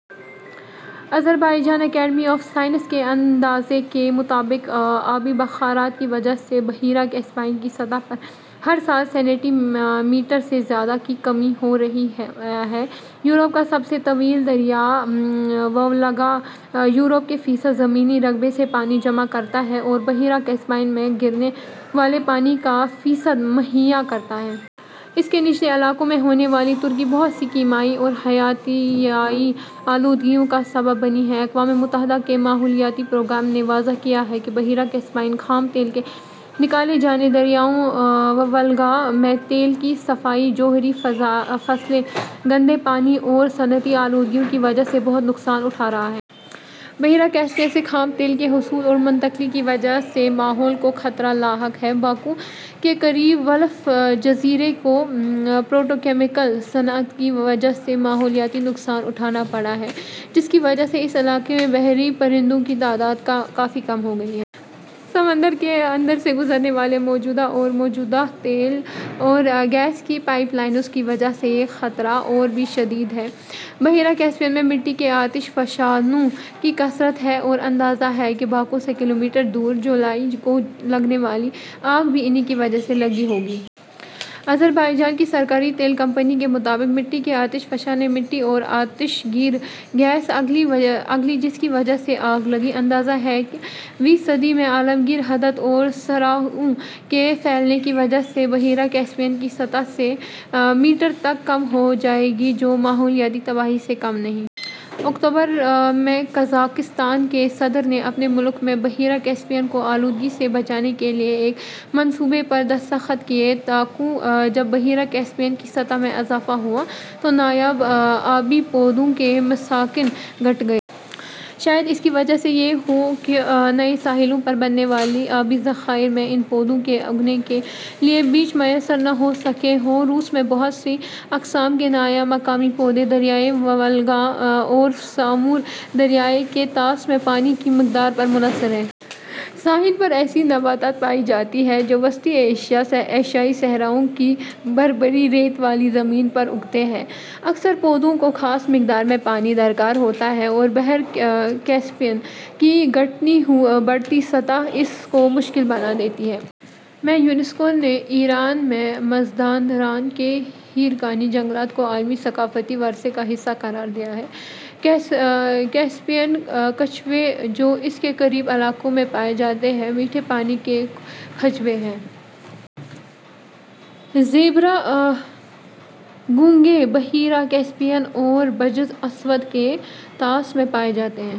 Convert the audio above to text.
Azerbaijan Academy of Science کے اندازے کے مطابق آبی بخارات کی وجہ سے بحیرہ کیپسیئن کی سطح میں ہر سال سینٹی میٹر سے زیادہ کی کمی ہو رہی ہے۔ یورپ کا سب سے طویل دریا وولگا یورپ کے فیصد زمینی رقبے سے پانی جمع کرتا ہے اور بحیرہ کیسپیئن میں گرنے والے پانی کا فیصد مہیا کرتا ہے۔ اس کے نچلے علاقوں میں ہونے والی ترقی بہت سی کیمیائی اور حیاتیاتی آلودگیوں کا سبب بنی ہے۔ اقوامِ متحدہ کے ماحولیاتی پروگرام نے واضح کیا ہے کہ "بحیرہ کیسپیئن خام تیل کے نکالے جانے، دریائے وولگا میں تیل کی صفائی، جوہری فضلے، گندے پانی اور صنعتی آلودگیوں کی وجہ سے بہت نقصان اٹھا رہا ہے"۔ بحیرہ کیسپیئن سے خام تیل کے حصول اور منتقلی کی وجہ سے ماحول کو خطرہ لاحق ہے۔ باکو کے قریب ولف جزیرے کو پیٹروکیمیکل صنعت کی وجہ سے ماحولیاتی نقصان اٹھانا پڑا ہے جس کی وجہ سے اس علاقے میں بحری پرندوں کی تعداد کافی کم ہو گئی ہے۔ سمندر کے اندر سے گزرنے والی موجودہ اور مجوزہ تیل اور گیس کی پائپ لائنوں کی وجہ سے یہ خطرہ اور بھی شدید ہے۔ بحیرہ کیسپیئن میں مٹی کے آتش فشانوں کی کثرت ہے اور اندازہ ہے کہ باکو سے کلومیٹر دور جولائی کو لگنے والی آگ بھی انہی کی وجہ سے لگی ہوگی۔ آذربائیجان کی سرکاری تیل کمپنی کے مطابق مٹی کے آتش فشاں نے مٹی اور آتشگیر گیس اگلی جس کی وجہ سے آگ لگی۔ اندازہ ہے کہ ویں صدی میں عالمگیر حدت اور صحراؤں کے پھیلنے کی وجہ سے بحیرہ کیسپیئن کی سطح سے میٹر تک کم ہو جائے گی جو ماحولیاتی تباہی سے کم نہیں۔ اکتوبر کو قزاقستان کے صدر نے اپنے ملک میں بحیرہ کیسپیئن کو آلودگی سے بچانے کے لیے ایک منصوبے پر دستخط کیے۔ تا کو جب بحیرہ کیسپیئن کی سطح میں اضافہ ہوا تو نایاب آبی پودوں کے مساکن گھٹ گئے۔ شاید اس کی وجہ یہ ہو کہ نئے ساحلوں پر بننے والے آبی ذخائر میں ان پودوں کے اگنے کے لیے بیج میسر نہ ہو سکے ہوں۔ روس میں بہت سی اقسام کے نایاب مقامی پودے دریائے وولگا اور سامور دریا کے طاس میں پانی کی مقدار پر منحصر ہیں۔ ساحل پر ایسی نباتات پائی جاتی ہیں جو وسطی ایشیائی صحراؤں کی بھربھری ریت والی زمین پر اگتے ہیں۔ اکثر پودوں کو خاص مقدار میں پانی درکار ہوتا ہے اور بحیرہ کیسپیئن کی گھٹتی بڑھتی سطح اس کو مشکل بنا دیتی ہے۔ میں یونیسکو نے ایران میں مزاندران کے ہیرکانی جنگلات کو عالمی ثقافتی ورثے کا حصہ قرار دیا ہے۔ کیسپیئن کچھوے جو اس کے قریبی علاقوں میں پائے جاتے ہیں، میٹھے پانی کے کچھوے ہیں۔ زیبرا گھونگھے بحیرہ کیپسیئن اور بحر اسود کے طاس میں پائے جاتے ہیں۔